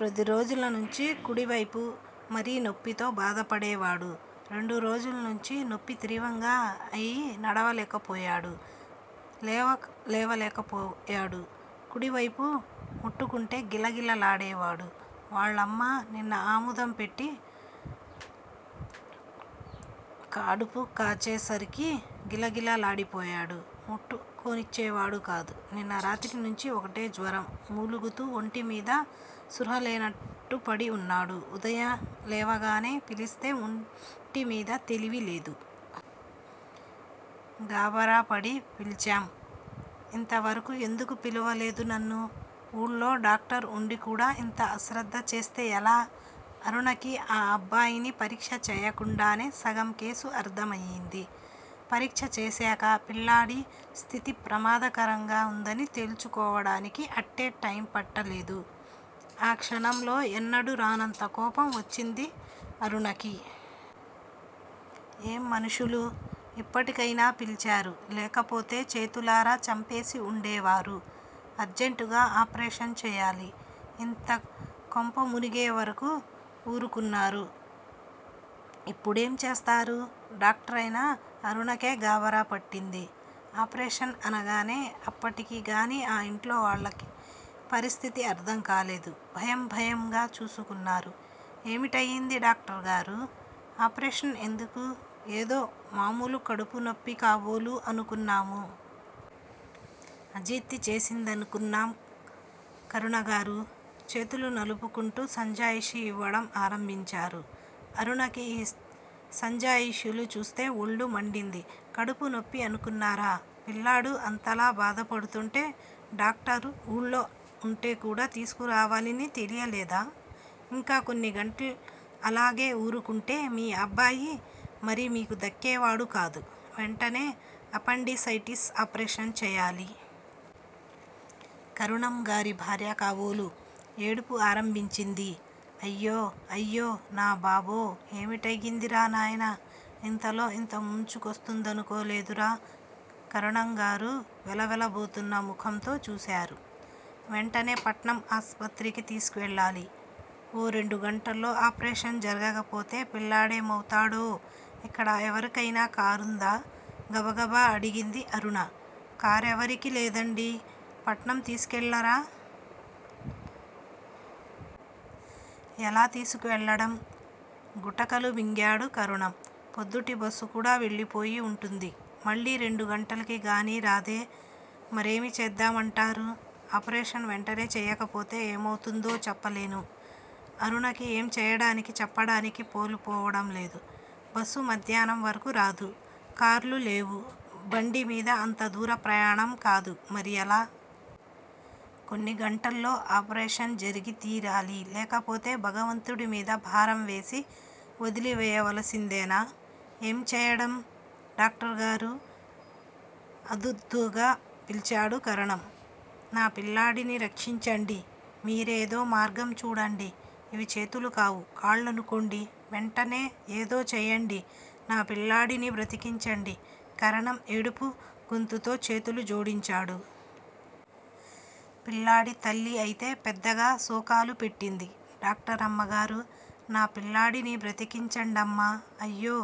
పదిరోజులనించి కుడివైపు మరి నొప్పితో బాధపడేవాడు, రెండు రోజులనించి నొప్పి తీవ్రంగా అయినడవలేకపోయాడు. లేవలేకపోయాడు. కుడివైపు ముట్టుకుంటే గిలగిల లాడేవాడు. వాళ్ళమ్మ నిన్న ఆముదం పెట్టి కడుపుకాచేసరికి గిలగిలలాడిపోయి ముట్టుకోనిచ్చేవాడుకాదు. నిన్న రాత్రినించి ఒకటే జ్వరం మూలుగుతూ ఒంటిమీద స్పృహలేనట్టుపడి ఉన్నాడు. ఉదయంలేవగానే పిలిస్తే ఒంటిమీద తెలివిలేదు. గాబరాపడి పిలిచాం. ఇంతవరకు ఎందుకు పిలవలేదు నన్ను? ఊళ్ళో డాక్టరు ఉండి కూడా ఇంత అశ్రద్ద చేస్తే ఎలా? అరుణకి ఆ అబ్బాయిని పరీక్ష చేయకుండానే సగం కేసు అర్ధమయింది. పరీక్ష చేశాక పిల్లాడి స్థితి ప్రమాదకరంగా ఉందని తేల్చుకోవడానికి అట్టే టైముపట్టలేదు. ఆ క్షణంలో ఎన్నడూ రానంతకోపం వచ్చింది అరుణకి. ఏం మనుషులు. ఇప్పటికయినా పిలిచారు లేకపోతే చేతులారా చంపేసి ఉండేవారు. అర్జెంటుగా ఆపరేషన్ చేయాలి. ఇంతకొంపమునిగే వరకు ఊరుకున్నారు. ఇప్పుడేం చేస్తారు? డాక్టరయినా అరుణకే గాభరాపట్టింది. ఆపరేషన్ అనగానే అప్పటికిగాని ఆ ఇంట్లోవాళ్ళకి పరిస్థితి అర్ధంకాలేదు. భయంభయంగా చూసుకున్నారు. ఏమిటయింది డాక్టరుగారూ? ఆపరేషన్ ఎందుకు? ఏదో మామూలుకడుపునొప్పి కాబోలు అనుకున్నాము. అజీర్తిచేసిందనుకున్నాం కరణంగారు చేతులునలుపుకుంటూ సంజాయిషీ ఈయడం ఆరంభించారు. అరుణకి ఆ సంజాయిషీలు చూస్తే ఒళ్ళు మండింది కడుపు నొప్పి అనుకున్నారా? పిల్లాడు అంతలాబాధపడుతుంటే డాక్టరు ఊళ్ళో ఉంటేకూడా తీసుకురావాలని తెలియలేదా? ఇంకా కొన్ని గంటలు అలాగే ఊరుకుంటే మీ అబ్బాయి మరిమీకు దక్కేవాడుకాదు. వెంటనే అపెండిసైటీస్ ఆపరేషన్ చేయాలి. కరణంగారి భార్య కాబోలు ఏడుపు ఆరంభించింది అయ్యో అయ్యో నా బాబో ఏమిటయిందిరా నాయనా ఇంతలో ఇంతముంచుకొస్తుందనుకోలేదురా కరణంగారు వెలవెలబోతున్న ముఖంతో చూశారు. వెంటనేపట్నం ఆస్పత్రికి తీసుకెళ్ళాలి. ఓ రెండు గంటల్లో ఆపరేషన్ జరగకపోతే పిల్లాడేమవుతాడో? ఇక్కడ ఎవరికైనా కారుందా? గబగబా అడిగింది అరుణ. కారెవరికీ లేదండీ పట్నంతీసుకెళ్ళాలా? ఎలాతీసుకెళ్ళడం? గుటకలు మింగాడు కరణం. ప్రొద్దుటిబస్సుకూడా వెళ్ళిపోయి ఉంటుంది. మళ్ళీ రెండు గంటలకి గానీరాదే? మరేమీచేద్దామంటారు? ఆపరేషన్ వెంటనే చెయ్యకపోతే ఏమవుతుందో చెప్పలేను. అరుణకి ఏం చెయ్యడానికి చెప్పడానికి పాలుపోవడంలేదు. బస్సు మధ్యాహ్నం వరకు రాదు. కార్లు లేవు, బండిమీద అంత దూరంప్రయాణం కాదు. మరిఎలా? కొన్ని గంటల్లో ఆపరేషన్ జరిగి తీరాలి లేకపోతే భగవంతుడిమీద భారం వేసి వదిలివేయవలసిందేనా? ఏం చెయ్యడం? డాక్టరుగారూ: ఆదుర్దాగా పిలిచాడు కరణం. నా పిల్లాడిని రక్షించండి మీరే ఏదో మార్గం చూడండి ఇవి చేతులు కావు. కాళ్ళనుకోండి వెంటనేఏదో చేయండి నాపిల్లాడిని బ్రతికించండి కరణం ఏడుపు గొంతుతో చేతులు జోడించాడు. పిల్లాడి తల్లిఅయితే పెద్దగా శోకాలు పెట్టింది. డాక్టరమ్మగారూ, నా పిల్లాడిని బ్రతికించండమ్మా అయ్యో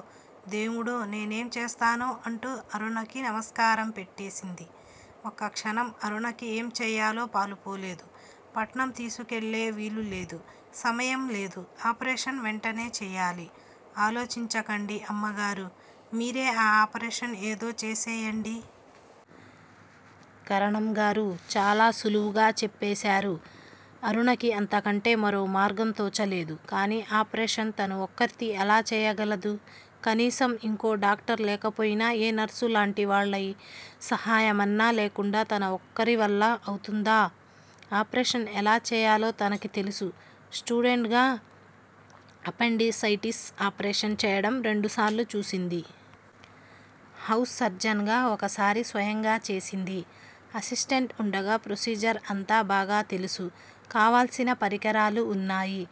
దేముడోనేనేం చేస్తానో అంటూ అరుణకి నమస్కారాలు పెట్టేసింది. ఒక్కక్షణం అరుణకి ఏం చెయ్యాలో పాలు పోలేదు. పట్నంతీసుకెళ్ళే వీలులేదు. సమయం లేదు. ఆపరేషన్ వెంటనేచెయ్యాలి. ఆలోచించకండి అమ్మగారూ మీరే ఆ ఆపరేషన్ ఏదో చేసెయ్యండి. కరణంగారు చాలా సులువుగా చెప్పేశారు. అరుణకి అంతకంటే మరో మార్గంతోచలేదు కానీ ఆపరేషన్ తను ఒక్కర్తీ ఎలా చేయగలదు? కనీసం ఇంకో డాక్టరు లేకపోయినా ఏ నర్సులాంటి వాళ్ళసహాయమన్నా లేకుండా తన ఒక్కరివల్ల అవుతుందా? ఆపరేషన్ ఎలా చెయ్యాలో తనకి తెలుసు స్టూడెంట్ గా అపెండిసైటిస్ ఆపరేషన్ చేయడం రెండుసార్లు చూసింది. హౌస్ సర్జన్ గా ఒకసారి స్వయంగా చేసింది. అసిస్టెంట్ ఉండగా ప్రొసీజర్ అంతా బాగాతెలుసు కావాల్సిన పరికరాలు ఉన్నాయి.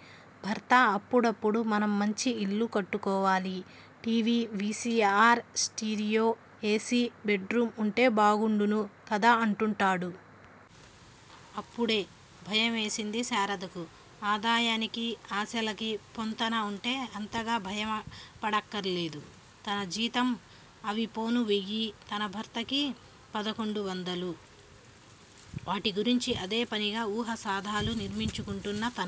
భర్త అప్పుడప్పుడు మనం మంచి ఇల్లు కట్టుకోవాలి T. V, V. C. R stereo A. C. Bedroom ఉంటే బావుండును కదా అంటుంటాడు. అప్పుడే భయమేసేది శారదకు. ఆదాయానికి, ఆశలకి పొంతన ఉంటే అంతగా భయపడక్కర్లేదు. తన జీతం అవిపోను వెయ్యి తన భర్తకి పదకొండు వందలు. వాటి గురించి అదే పనిగా ఊహా సౌధాలు నిర్మించుకుంటున్న తన